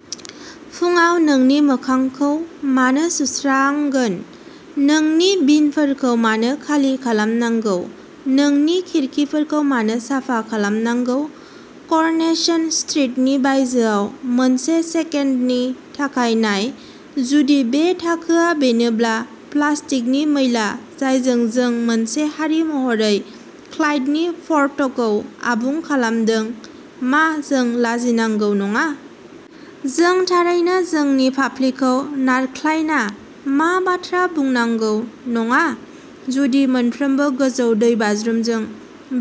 " फुंआव नोंनि मोखांखौ मानो सुस्रांगोन? नोंनि बिनफोरखौ मानो खालि खालामनांगौ? नोंनि खिरखिफोरखौ मानो साफा खालामनांगौ? कर'नेसन स्ट्रिटनि बायजोआव मोनसे सेकेन्डनि थाखाय नाय। जुदि बे थाखोआ बेनोब्ला। प्लास्टिकनि मैला जायजों जों मोनसे हारि महरै क्लाइडनि फर्थखौ आबुं खालामदों, मा जों लाजिनांगौ नङा? जों थारैनो जोंनि फाफ्लिखौ नारख्लायना "मा बाथ्रा" बुंनांगौ नङा। जुदि मोनफ्रोम गोजौ दैबाज्रुमजों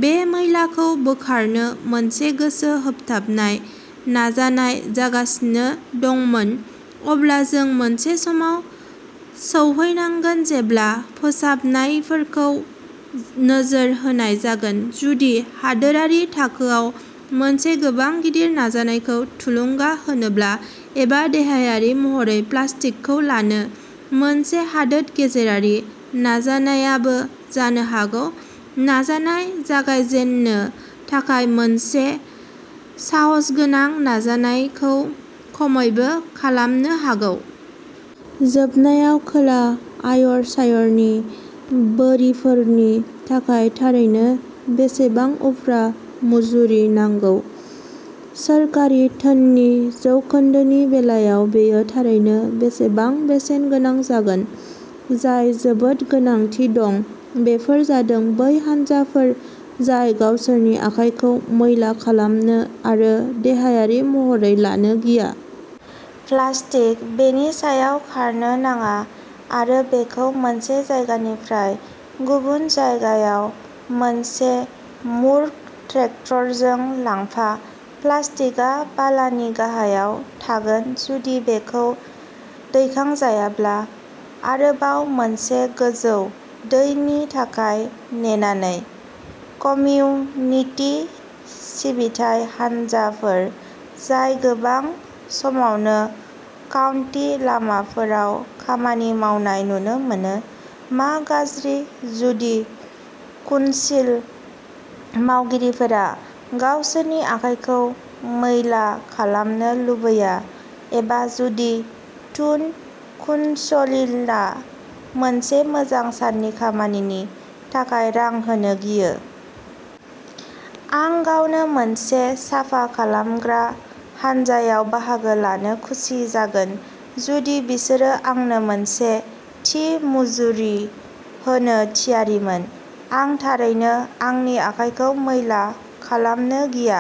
बे मैलाखौ बोखारनो मोनसे गोसो होथाबनाय नाजानाय जागासिनो दंमोन, अब्ला जों मोनसे समाव सौहैनांगोन जेब्ला फोसाबनायफोरखौ नोजोर होनाय जागोन! जुदि हादोरारि थाखोआव मोनसे गोबां गिदिर नाजानायखौ थुलुंगा होनोब्ला, एबा देहायारि महरै "प्लास्टिकखौ लानो" मोनसे हादोर गेजेरारि नाजानायाबो जानो हागौ, नाथाय जागायजेननो थाखाय मोनसे साहसगोनां नाजानायखौ खमैबो खालामनो हागौ। जोबनायाव, खोला आयरशायरनि बोरिफोरनि थाखाय थारैनो बेसेबां उफ्रा मुजुरि नांगौ?? सोरखारि धोननि जौखोन्दोनि बेलायाव बेयो थारैनो बेसेबां बेसेन गोनां जागोन? जाय जोबोद गोनांथि दं बेफोर जादों बै हानजाफोर जाय गावसोरनि आखाइखौ मैला खालामनो आरो देहायारि महरै लानो गिया। प्लास्टिक। बेनि सायाव खारनो नाङा आरो बेखौ मोनसे जायगानिफ्राय गुबुन जायगायाव मोनसे मूर्ख ट्रेक्टरजों लांफा!! प्लास्टिकआ बालानि गाहायाव थागोन जुदि बेखौ दैखांजायाब्ला, आरोबाव मोनसे गोजौ दैनि थाखाय नेनानै। कमिउनिटि सिबिथाइ हानजाफोर जाय गोबां समावनो काउन्टी लामाफोराव खामानि मावनाय नुनो मोनो, मा गाज्रि, जुदि कुनसिल मावगिरिफोरा गावसोरनि आखाइखौ मैला खालामनो लुबैया, एबा जुदि टुन कुनसिलआ मोनसे मोजां साननि खामानिनि थाखाय रां होनो गियो? आं गावनो मोनसे साफा खालामग्रा हानजायाव बाहागो लानो खुसि जागोन जुदि बिसोरो आंनो मोनसे थि मुजुरि होनो थियारिमोन। आं थारैनो आंनि आखाइखौ मैला खालामनो गिया,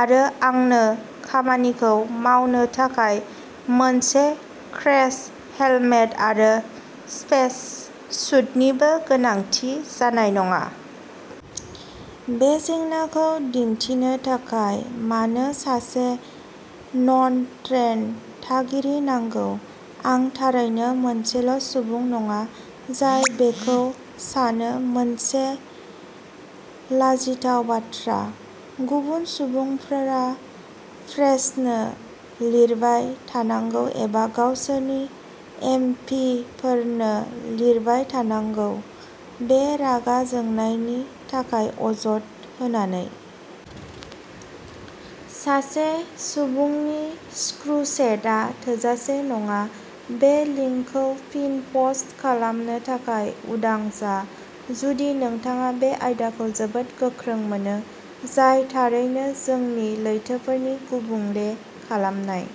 आरो आंनो खामानिखौ मावनो थाखाय मोनसे क्रेश हेलमेट आरो स्पेस सुटनिबो गोनांथि जानाय नङा। बे जेंनाखौ दिन्थिनो थाखाय मानो सासे नन ट्र'न थागिरि नांगौ? आं थारैनो मोनसेल'सुबुं नङा जाय बेखौ सानो। मोनसे लाजिथाव बाथ्रा?? गुबुन सुबुंफोरा प्रेसनो लिरबाय थानांगौ एबा गावसोरनि एम. पि. फोरनो लिरबाय थानांगौ, बे रागा जोंनायनि थाखाय अजद होनानै। सासे सुबुंनि क्रुसेडआ थोजासे नङा। बे लिंकखौ फिन पस्ट खालामनो थाखाय उदां जा, जुदि नोंथाङा बे आयदाखौ जोबोद गोख्रों मोनो, जाय थारैनो जोंनि लैथोफोरनि गुबुंले खालामनाय।